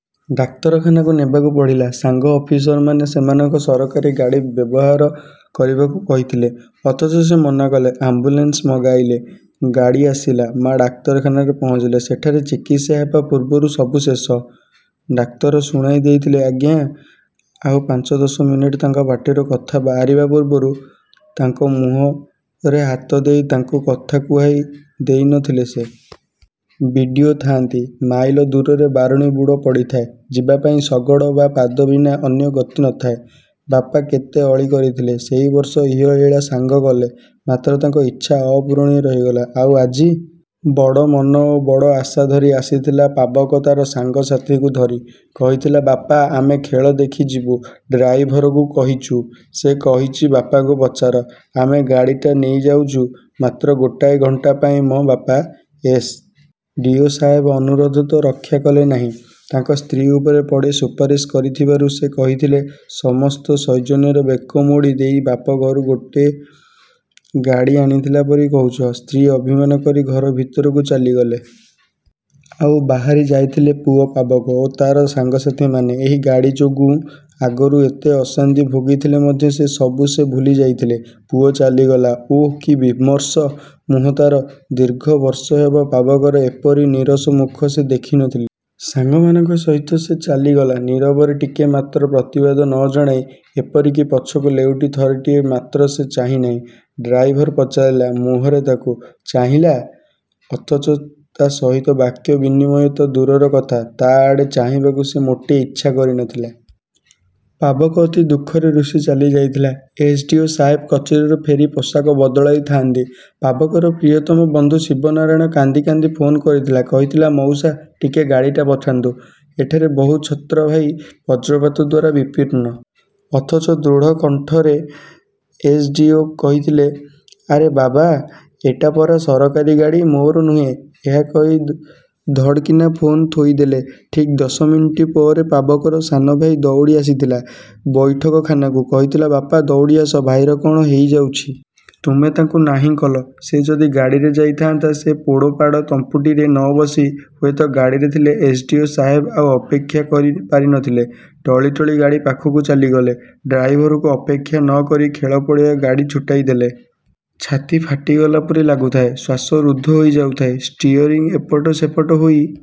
ଡାକ୍ତରଖାନାକୁ ନେବାକୁ ପଡ଼ିଲା। ସାଙ୍ଗ ଅଫିସରମାନେ ସେମାନଙ୍କ ସରକାରୀ ଗାଡ଼ି ବ୍ୟବହାର କରିବାକୁ କହିଥିଲେ; ଅଥଚ ସେ ମନା କଲେ-। ଆମ୍ବୁଲେନ୍ସ ମଗାଇଲେ, ଗାଡ଼ି ଆସିଲା। ମା'ଡାକ୍ତରଖାନାରେ ପହଞ୍ଚିଲେ, ସେଠାରେ ଚିକିତ୍ସା ହେବା ପୂର୍ବରୁ ସବୁ ଶେଷ। ଡାକ୍ତର ଶୁଣାଇ ଦେଇଥିଲେ—ଆଜ୍ଞା, ଆଉ ପାଞ୍ଚ ଦଶ ମିନିଟ୍—ତାଙ୍କ ପାଟିରୁ କଥା ବାହାରିବା ପୂର୍ବରୁ ତାଙ୍କ ମୁହଁରେ ହାତ ଦେଇ ତାଙ୍କୁ କଥା କୁହାଇ ଦେଇ ନ ଥିଲେ ସେ। ବି. ଡ଼ି. ଓ. ଥାଆନ୍ତି। ମାଇଲ ଦୂରରେ ବାରୁଣୀ ବୁଡ଼ ପଡ଼ିଥାଏ। ଯିବାପାଇଁ ଶଗଡ ବା ପାଦ ବିନା ଅନ୍ୟ ଗତି ନ ଥାଏ। ବାପା କେତେ ଅଳି କରିଥିଲେ। ସେଇ ବର୍ଷ ଇହଲୀଳା ସାଂଗ କଲେ, ମାତ୍ର ତାଙ୍କ ଇଚ୍ଛା ଅପୂରଣୀୟ ରହିଗଲା। ଆଉ ଆଜି। ବଡ଼ ମନ ଓ ବଡ଼ ଆଶା ଧରି ଆସିଥିଲା ପାବକ ତାର ସାଙ୍ଗ ସାଥୀଙ୍କୁ ଧରି। କହିଥିଲା—ବାପା, ଆମେ ଖେଳ ଦେଖି ଯିବୁ। ଡ୍ରାଇଭରକୁ କହିଚୁ। ସେ କହୁଚି ବାପାଙ୍କୁ ପଚାର। ଆମେ ଗାଡ଼ିଟା ନେଇଯାଉଚୁ। ମାତ୍ର ଗୋଟାଏ ଘଣ୍ଟା ପାଇଁ ମ ବାପା! ଏସ୍. ଡ଼ି. ଓ. ସାହେବ ଅନୁରୋଧ ତ ରକ୍ଷା କଲେ ନାହିଁ, ତାଙ୍କ ସ୍ତ୍ରୀ ଉପରେ ପଡ଼ି ସୁପାରିଶ କରିଥିବାରୁ ସେ କହିଥିଲେ, ସମସ୍ତ ସୌଜନ୍ୟର ବେକ ମୋଡ଼ି ଦେଇ—ବାପ ଘରୁ ଗୋଟାଏ ଗାଡ଼ି ଆଣିଥିଲା ପରି କହୁଚ! ସ୍ତ୍ରୀ ଅଭିମାନ କରି ଘର ଭିତରକୁ ଚାଲିଗଲେ। ଆଉ ବାହାରି ଯାଇଥିଲେ ପୁଅ ପାବକ ଓ ତାର ସାଙ୍ଗ ସାଥୀମାନେ। ଏଇ ଗାଡ଼ି ଯୋଗୁଁ ଆଗରୁ ଏତେ ଅଶାନ୍ତି ଭୋଗିଥିଲେ ମଧ୍ୟ ସେ ସବୁ ସେ ଭୁଲି ଯାଇଥିଲେ, ପୁଅ ଚାଲିଗଲା। ଓଃ କି ବିମର୍ଷ ମୁହଁ ତାର। ଦୀର୍ଘ ବର୍ଷ ହେବ ପାବକର ଏପରି ନୀରସ ମୁଖ ସେ ଦେଖି ନ ଥିଲେ। ସାଙ୍ଗମାନଙ୍କ ସହିତ ସେ ଚାଲିଗଲା। ନୀରବରେ, ଟିକିଏ ମାତ୍ର ପ୍ରତିବାଦ ନ ଜଣାଇ; ଏପରି କି ପଛକୁ ଲେଉଟି ଥରଟିଏ ମାତ୍ର ସେ ଚାହିଁ ନାହିଁ। ଡ୍ରାଇଭର ପଚାରିଲା ମୁହଁରେ ତାକୁ। ଚାହିଁଲା। ଅଥଚ ତା ସହିତ ବାକ୍ୟ ବିନିମୟ ତ ଦୂରର କଥା, ତା ଆଡ଼େ ଚାହିଁବାକୁ ସେ ମୋଟେ ଇଚ୍ଛା କରି ନ ଥିଲା। ପାବକ ଅତି ଦୁଃଖରେ ରୁଷି ଚାଲି ଯାଇଥିଲା। ଏସ. ଡ଼ି. ଓ. ସାହେବ କଚେରୀରୁ ଫେରି ପୋଷାକ ବଦଳାଇ ଥାଆନ୍ତି, ପାବକର ପ୍ରିୟତମ ବନ୍ଧୁ ଶିବନାରାୟଣ କାନ୍ଦି କାନ୍ଦି ଫୋନ କରିଥିଲା—କହିଥିଲା ମଉସା, ଟିକିଏ ଗାଡ଼ିଟା ପଠାନ୍ତୁ। ଏଠାରେ ବହୁ ଛାତ୍ରଭାଇ ବଜ୍ରପାତ ଦ୍ୱାରା ବିପନ୍ନ। ଅଥଚ ଦୃଢ଼ କଣ୍ଟରେ ଏସ୍. ଡ଼ି. ଓ. କହିଥିଲେ—ଆରେ ବାବା ଏଇଟା ପରା ସରକାରୀ ଗାଡ଼ି, ମୋର ନୁହେଁ। ଏହା କହି ଧଡ଼ କିନା ଫୋନ ଥୋଇଦେଲେ। ଠିକ୍ ଦଶ ମିନିଟ୍ ପରେ ପାବକର ସାନ ଭାଇ ଦଉଡ଼ିଆସିଥିଲା ବୈଠକଖାନାକୁ। କହିଥିଲା—ବପା ଦୌଡ଼ିଆସ, ଭାଇର କ'ଣ ହେଇ ଯାଉଚି। ତୁମେ ତାକୁ ନାହିଁ କଲ, ସେ ଯଦି ଗାଡ଼ିରେ ଯାଇ ଥାଆନ୍ତା ସେ ପୋଡ଼ପାଡ଼ ତମ୍ଫୁଟାରେ ନ ବସି ହୁଏତ ଗାଡ଼ିରେ ଥିଲେ— ଏସ୍. ଡ଼ି. ଓ. ସାହେବ ଆଉ ଅପେକ୍ଷା କରି ପାରି ନ ଥିଲେ। ଟଳି ଟଳି ଗାଡ଼ି ପାଖକୁ ଚାଲିଗଲେ। ଡ୍ରାଇଭରକୁ ଅପେକ୍ଷା ନ କରି ଖେଳ ପଡ଼ିଆକୁ ଗାଡ଼ି ଛୁଟାଇଦେଲେ। ଛାତି ଫାଟି ଗଲା ପରି ଲାଗୁଥାଏ। ଶ୍ୱାସରୁଦ୍ଧ ହୋଇ ଯାଉଥାଏ। ଷ୍ଟିଅରିଂ ଏପଟ ସେପଟ ହେଇ